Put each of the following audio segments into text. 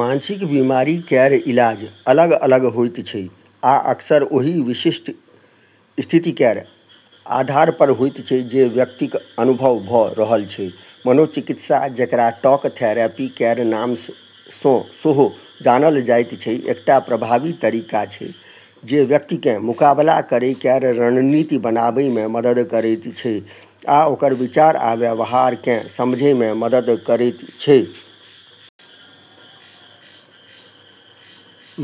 मानसिक बीमारी केर इलाज अलग-अलग होइत छै आ अक्सर ओही विशिष्ट स्थिति केर आधारपर होइत छै जे व्यक्तिक अनुभव भऽ रहल छै। मनोचिकित्सा, जेकरा टॉक थेरेपी केर नामसँ सेहो जानल जाइत छै, एकटा प्रभावी तरीका छै जे व्यक्तिकेँ मुकाबला करै केर रणनीति बनाबैमे मदद करैत छै आ ओकर विचार आ व्यवहारकेँ समझैमे मदद करैत छै।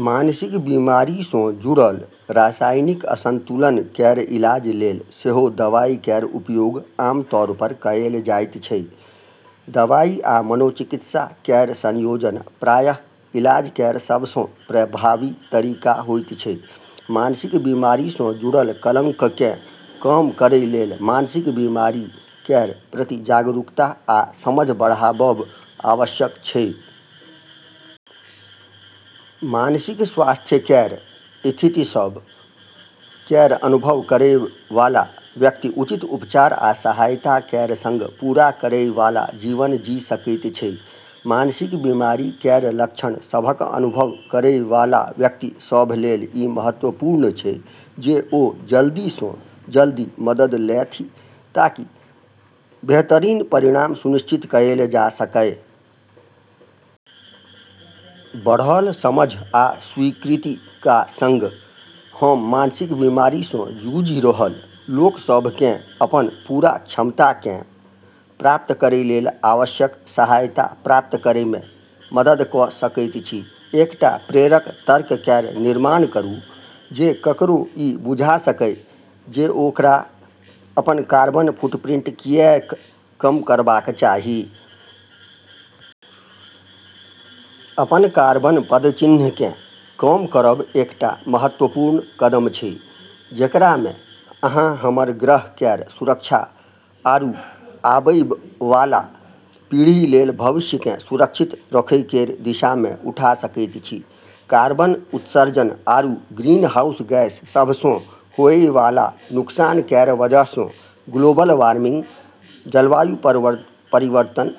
मानसिक बीमारीसँ जुड़ल रासायनिक असंतुलन केर इलाज लेल सेहो दवाई केर उपयोग आमतौरपर कएल जाइत छै। दवाई आ मनोचिकित्सा केर संयोजन प्रायः इलाज केर सबसँ प्रभावी तरीका होइत छै। मानसिक बीमारीसँ जुड़ल कलंककेँ कम करै लेल मानसिक बीमारी केर प्रति जागरूकता आ समझ बढ़ाबब आवश्यक छै। मानसिक स्वास्थ्य केर स्थितिसभ केर अनुभव करैवाला व्यक्ति उचित उपचार आ सहायता केर संग पूरा करैवाला जीवन जी सकैत छै। मानसिक बीमारी केर लक्षण सभक अनुभव करैवाला व्यक्ति सभ लेल ई बहुत महत्वपूर्ण छै जे ओ जल्दीसँ जल्दी मदद लेथि ताकि बेहतरीन परिणाम सुनिश्चित कएल जा सकए। बढ़ल समझ आ स्वीकृतिका संग, हम मानसिक बीमारीसँ जूझि रहल लोक सभकेँ अपन पूरा क्षमताकेँ प्राप्त करै लेल आवश्यक सहायता प्राप्त करैमे मदद कऽ सकैत छी। एकटा प्रेरक तर्क केर निर्माण करू जे ककरो ई बुझा सकए जे ओकरा अपन कार्बन फुटप्रिंट किऐक कम करबाक चाही। अपन कार्बन पदचिह्नकेँ कम करब एकटा महत्वपूर्ण कदम छै जेकरामे अहाँ हमर ग्रह केर सुरक्षा आरू आबैवाला पीढ़ी लेल भविष्यकेँ सुरक्षित रखै केर दिशामे उठा सकैत छी। कार्बन उत्सर्जन आरू ग्रीनहाउस गैस सभसँ होएवाला नुकसान केर वजहसँ ग्लोबल वार्मिंग, जलवायु परिवर्तन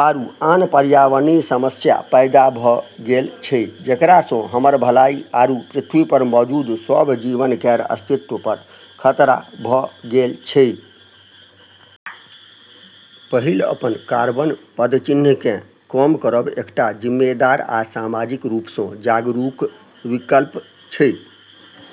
आरू आन पर्यावरणीय समस्या पैदा भऽ गेल छै जेकरासँ हमर भलाई आरू पृथ्वीपर मौजूद सब जीवन केर अस्तित्वपर खतरा पैदा भऽ गेल छै। पहिल, अपन कार्बन पदचिह्नकेँ कम करब एकटा जिम्मेदार आ सामाजिक रूपसँ जागरूक विकल्प छै।